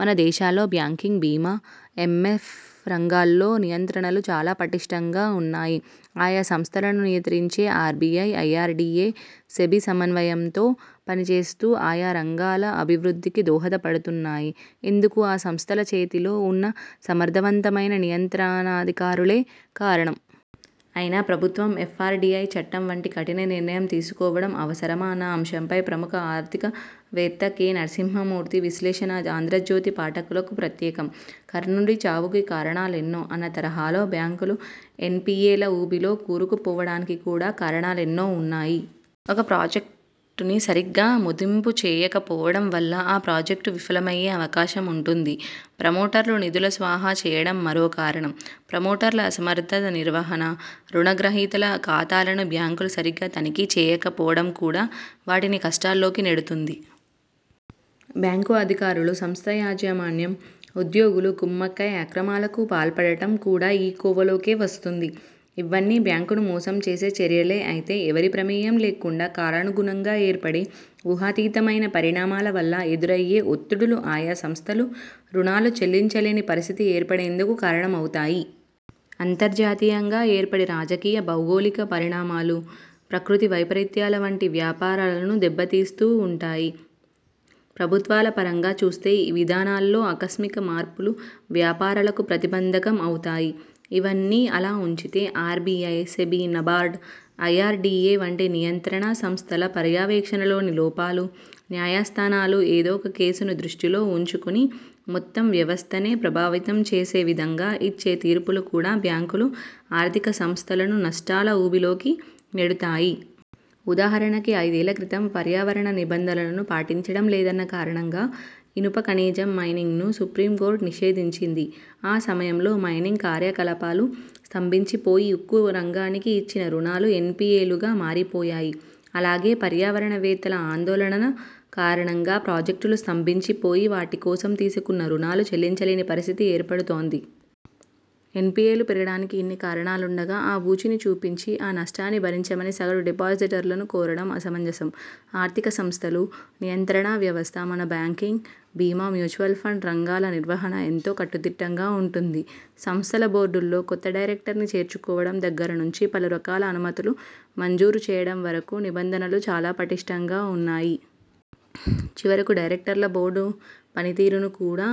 మన దేశలో బ్యాంకింగ్, బీమా, ఎం ఎఫ్ రంగాల్లో నియంత్రణలు చాలా పటిష్ఠంగా ఉన్నాయి. ఆయా సంస్థలను నియంత్రించే R B I, I R D A, SEBI సమన్వయంతో పని చేస్తూ ఆయా రంగాల అభివృద్ధికి దోహదపడుతున్నాయి. ఇందుకు ఆ సంస్థల చేతిలో ఉన్న సమర్థవంతమైన నియంత్రణాధికారాలే కారణం. అయినా ప్రభుత్వం ఎఫ్ ఆర్ డి ఐ చట్టం వంటి కఠిన నిర్ణయం తీసుకోవడం అవసరమా అన్న అంశంపై ప్రముఖ ఆర్థిక వేత్త కె నరసింహమూర్తి విశ్లేషణ ఆంధ్రజ్యోతి పాఠకులకు ప్రత్యేకం. కర్ణుడి చావుకి కారణాలెన్నో అన్న తరహాలో బ్యాంకులు ఎన్ పి ఏ ల ఊబిలో కూరుకు పోవడానికి కూడా కారణాలెన్నో ఉన్నాయి. ఒక ప్రాజెక్టుని సరిగా ముదింపు చేయక పోవడం వల్ల ఆ ప్రాజెక్టు విఫలమయ్యే అవకాశం ఉంటుంది. ప్రమోటర్లు నిధులు స్వాహా చేయడం మరో కారణం. ప్రమోటర్ల అసమర్థ నిర్వహణ, రుణ గ్రహీతల ఖాతాలను బ్యాంకులు సరిగా తనిఖీ చేయక పోవడం కూడా వాటిని కష్టాల్లోకి నెడుతుంది. బ్యాంకు అధికారులు, సంస్థ యాజమాన్యం ఉద్యోగులు కుమ్మక్కై అక్రమాలకు పాల్పడడం కూడా ఈ కోవలోకే వస్తుంది. ఇవన్నీ బ్యాంకును మోసం చేసే చర్యలే అయితే, ఎవరి ప్రమేయం లేకుండా కాలానుగుణంగా ఏర్పడే ఊహాతీతమైన పరిణామాల వల్ల ఎదురయ్యే ఒత్తిడులు ఆయా సంస్థలు రుణాలు చెల్లించలేని పరిస్థితి ఏర్పడేందుకు కారణమవుతాయి. అంతర్జాతీయంగా ఏర్పడే రాజకీయ, భౌగోళిక పరిణామాలు, ప్రకృతి వైపరీత్యాల వంటివి వ్యాపారాలను దెబ్బ తీస్తూ ఉంటాయి. ప్రభుత్వాల పరంగా చూస్తే విధానాల్లో ఆకస్మిక మార్పులు వ్యాపారాలకు ప్రతి బంధకం అవుతాయి. ఇవన్నీ అలా ఉంచితే R B I, SEBI, NABARD, I R D A వంటి నియంత్రణ సంస్థల పర్యవేక్షణలోని లోపాలు, న్యాయస్థానాలు ఏదో ఒక కేసుని దృష్టిలో ఉంచుకుని మొత్తం వ్యవస్థనే ప్రభావితం చేసే విధంగా ఇచ్చే తీర్పులు కూడా బ్యాంకులు, ఆర్థిక సంస్థలను నష్టాల ఊబిలోకి నెడతాయి. ఉదాహరణకి ఐదేళ్ల క్రితం పర్యావరణ నిబంధనలను పాటించడం లేదన్న కారణంగా ఇనుప ఖనిజం మైనింగ్ను సుప్రీం కోర్టు నిషేధించింది. ఆ సమయంలో మైనింగ్ కార్యకలాపాలు స్తంభించి పోయి ఉక్కు రంగానికి ఇచ్చిన రుణాలు ఎన్ పి ఏ లుగా మారిపోయాయి. అలాగే పర్యావరణ వేత్తల ఆందోళనల కారణంగా ప్రాజెక్టులు స్తంభించి పోయి వాటి కోసం తీసుకున్న రుణాలు చెల్లించలేని పరిస్థితి ఏర్పడుతోంది. ఎన్ పి ఏ లు పెరగడానికి ఇన్ని కారణాలుండగా ఆ బూచిని చూపించి ఆ నష్టాలు భరించమని సగటు డిపాజిటర్లను కోరడం అసమంజసం. ఆర్థిక సంస్థలు.. నియంత్రణ వ్యవస్థ మన బ్యాంకింగ్, బీమా, మ్యూచువల్ ఫండ్ రంగాల నిర్వహణ ఎంతో కట్టుదిట్టంగా ఉంటుంది. సంస్థల బోర్డుల్లో కొత్త డైరెక్టర్ని చేర్చుకోవడం దగ్గర నుంచి పలురకాల అనుమతులు మంజూరు చేయడం వరకు నిబంధనలు చాలా పటిష్ఠంగా ఉన్నాయి. చివరికి డైరెక్టర్ల బోర్డు పని తీరును కూడా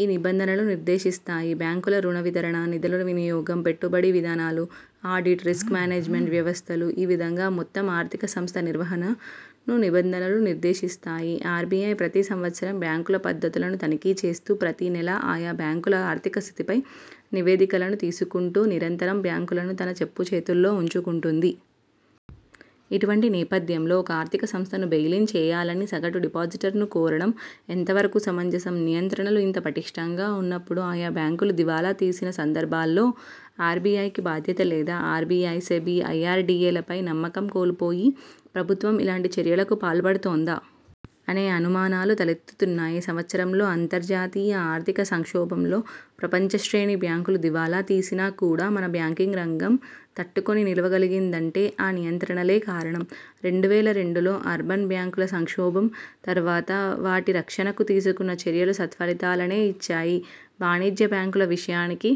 ఈ నిబంధనలు నిర్దేశిస్తాయి. బ్యాంకుల రుణ వితరణ, నిధుల వినియోగం, పెట్టుబడి విధానాలు, ఆడిట్, రిస్క్ మేనేజ్మెంట్ వ్యవస్థలు ఈ విధంగా మొత్తం ఆర్ధిక సంస్థ నిర్వహణ నిబంధనలు నిర్దేశిస్తాయి. ఆర్ బి ఐ ప్రతి సంవత్సరం బ్యాంకుల పద్దులను తనిఖీ చేస్తూ ప్రతి నెలా ఆయా బ్యాంకుల ఆర్థిక స్థితిపై నివేదికలు తీసుకుంటూ నిరంతరం బ్యాంకులను తన చెప్పుచేతల్లో ఉంచుకుంటుంది. ఇటువంటి నేపథ్యంలో ఒక ఆర్థిక సంస్థను బెయిల్ ఇన్ చేయాలని సగటు డిపాజిటర్ను కోరడం ఎంతవరకు సమంజసం? నియంత్రణలు ఇంత పటిష్ఠంగా ఉన్నప్పుడు ఆయా బ్యాంకులు దివాలా తీసిన సందర్భాల్లో ఆర్ బి ఐ కి బాధ్యత లేదా? R B I, SEBI, I R D A లపై నమ్మకం కోల్పోయి ప్రభుత్వం ఇలాంటి చర్యకు పాల్పడుతోందా? అనే అనుమానాలు తలెత్తుతున్నాయి. సంవత్సరంలో అంతర్జాతీయ ఆర్థిక సంక్షోభంలో ప్రపంచ శ్రేణి బ్యాంకులు దివాలా తీసినా కూడా మన బ్యాంకింగ్ రంగం తట్టుకుని నిలవ గలిగిందంటే ఆ నియంత్రణలే కారణం. రెండు వేల రెండులో అర్బన్ బ్యాంకుల సంక్షోభం తర్వాత వాటి రక్షణకు తీసుకున్న చర్యలు సత్ఫలితాలనే ఇచ్చాయి. వాణిజ్య బ్యాంకుల విషయానికి